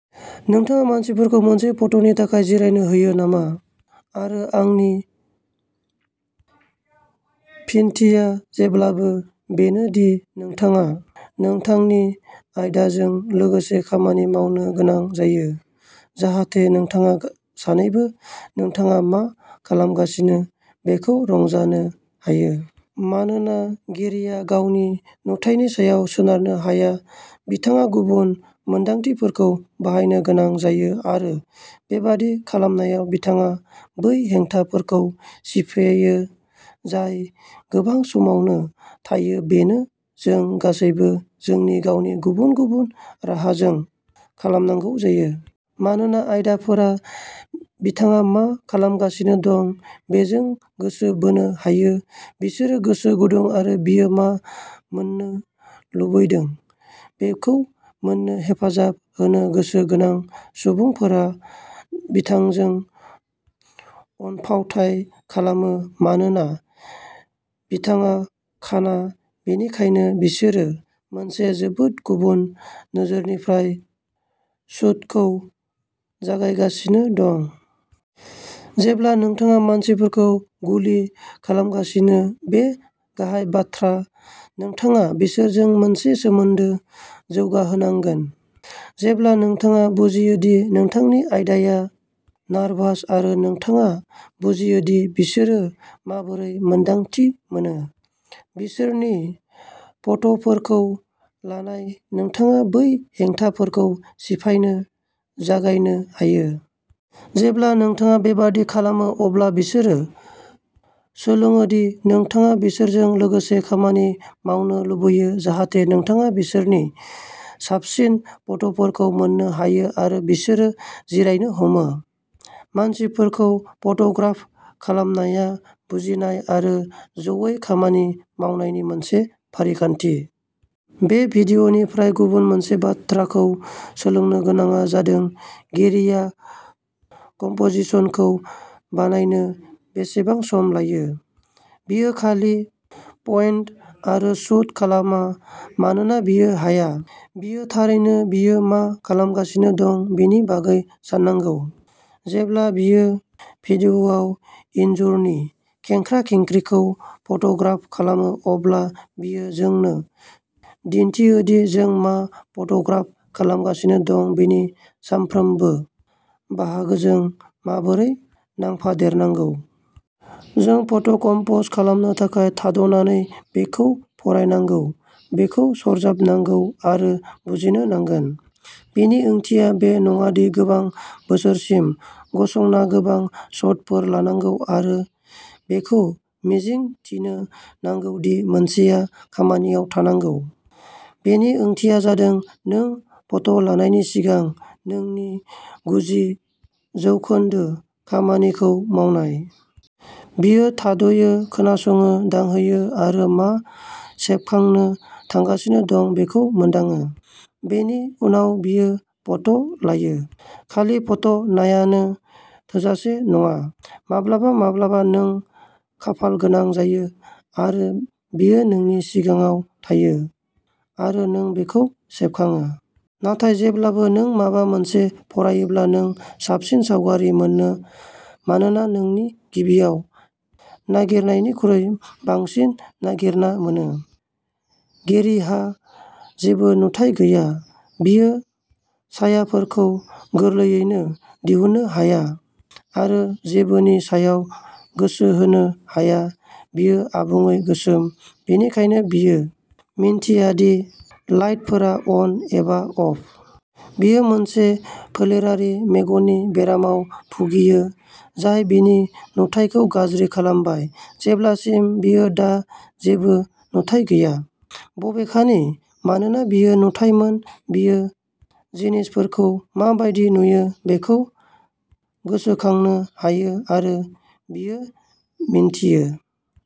नोंथाङा मानसिफोरखौ मोनसे फट'नि थाखाय जिरायनो होयो नामा? आरो आंनि फिनथिया जेब्लाबो बेनो दि नोंथाङा नोंथांनि आयदाजों लोगोसे खामानि मावनो गोनां जायो जाहाथे नोंथाङा सानैबो नोंथाङा मा खालामगासिनो बेखौ रंजानो हायो। मानोना गेरीया गावनि नुथायनि सायाव सोनारनो हाया बिथाङा गुबुन मोनदांथिफोरखौ बाहायनो गोनां जायो आरो बेबादि खालामनायाव बिथाङा बै हेंथाफोरखौ सिफायो जाय गोबां समावनो थायो बेनो जों गासैबो जोंनि गावनि गुबुन गुबुन राहाजों खालामनांगौ जायो। मानोना आयदाफोरा बिथाङा मा खालामगासिनो दं बेजों गोसो बोनो हायो बिसोरो गोसो गुदुं आरो बियो मा मोन्नो लुबैदों बेखौ मोन्नो हेफाजाब होनो गोसो गोनां। सुबुंफोरा बिथांजों अनफावथाय खालामो मानोना बिथाङा खाना बेनिखायनो बिसोरो मोनसे जोबोद गुबुन नोजोरनिफ्राय शूटखौ जागायगासिनो दं। जेब्ला नोंथाङा मानसिफोरखौ गुलि खालामगासिनो बेयो गाहाय बाथ्रा नोंथाङा बिसोरजों मोनसे सोमोन्दो जौगाहोनांगोन। जेब्ला नोंथाङा बुजियोदि नोंथांनि आयदाया नारभास आरो नोंथाङा बुजियोदि बिसोरो माबोरै मोन्दांथि मोनो। बिसोरनि फट'फोरखौ लानाय नोंथाङा बै हेंथाफोरखौ सिफायनो जागायनो हायो। जेब्ला नोंथाङा बेबादि खालामो अब्ला बिसोरो सोलोङोदि नोंथाङा बिसोरजों लोगोसे खामानि मावनो लुबैयो जाहाथे नोंथाङा बिसोरनि साबसिन फट'फोरखौ मोन्नो हायो आरो बिसोरो जिरायनो हमो। मानसिफोरखौ फट'ग्राफ खालामनाया बुजिनाय आरो ज'यै खामानि मावनायनि मोनसे फारिखान्थि। बे भिडिय'निफ्राय गुबुन मोनसे बाथ्राखौ सोलोंनो गोनांआ जादों गेरीआ कम्प'जिशनखौ बानायनो बेसेबां सम लायो। बियो खालि पइन्ट आरो शुट खालामा मानोना बियो हाया। बियो थारैनो बियो मा खालामगासिनो दं बेनि बागै साननांगौ। जेब्ला बियो भिडिय'आव इनजुरनि खेंख्रा-खेंख्रिखौ फट'ग्राफ खालामो अब्ला बियो जोंनो दिन्थियोदि जों मा फट'ग्राफ खालामगासिनो दं बेनि मोनफ्रोमबो बाहागोजों माबोरै नांफादेरनांगौ। जों फट'कम्प'ज खालामनो थाखाय थाद'नानै बेखौ फरायनांगौ बेखौ सरजाबनांगौ आरो बुजिनो नांगोन। बेनि ओंथिया बे नङादि गोबां बोसोरसिम गसंना गोबां शटफोर लानांगौ आरो बेखौ मिजिं थिनो नांगौदि मोनसेआ खामानियाव थांनांगौ। बेनि ओंथिया जादों नों फट'लानायनि सिगां नोंनि गुजि जौखोन्दो खामानिखौ मावनाय। बियो थाद'यो, खोनासङो, दांहोयो आरो मा सेबखांनो थांगासिनो दं बेखौ मोनदाङो। बेनि उनाव बियो फट'लायो। खालि फट'नायानो थोजासे नङा। माब्लाबा माब्लाबा नों खाफालगोनां जायो आरो बेयो नोंनि सिगाङाव थायो आरो नों बेखौ सेबखाङो। नाथाय जेब्लाबो नों माबा मोनसे फरायोब्ला नों साबसिन सावगारि मोनो मानोना नों गिबियाव नागिरनायनिख्रुइ बांसिन नागिरना मोनो। गेरीहा जेबो नुथाइ गैया बियो सायाफोरखौ गोरलैयैनो दिहुननो हाया आरो जेबोनि सायाव गोसो होनो हाया बेयो आबुङै गोसोम बेनिखायनो बियो मिन्थियादि लाइटफोरा अन एबा अफ। बियो मोनसे फोलेरारि मेगननि बेरामाव भुगियो जाय बिनि नुथायखौ गाज्रि खालामबाय जेब्लासिम बियो दा जेबो नुथाइ गैया। बबेखानि, मानोना बियो नुथाइमोन बियो जिनिसफोरखौ मा बायदि नुयो बेखौ गोसोखांनो हायो आरो बियो मिन्थियो।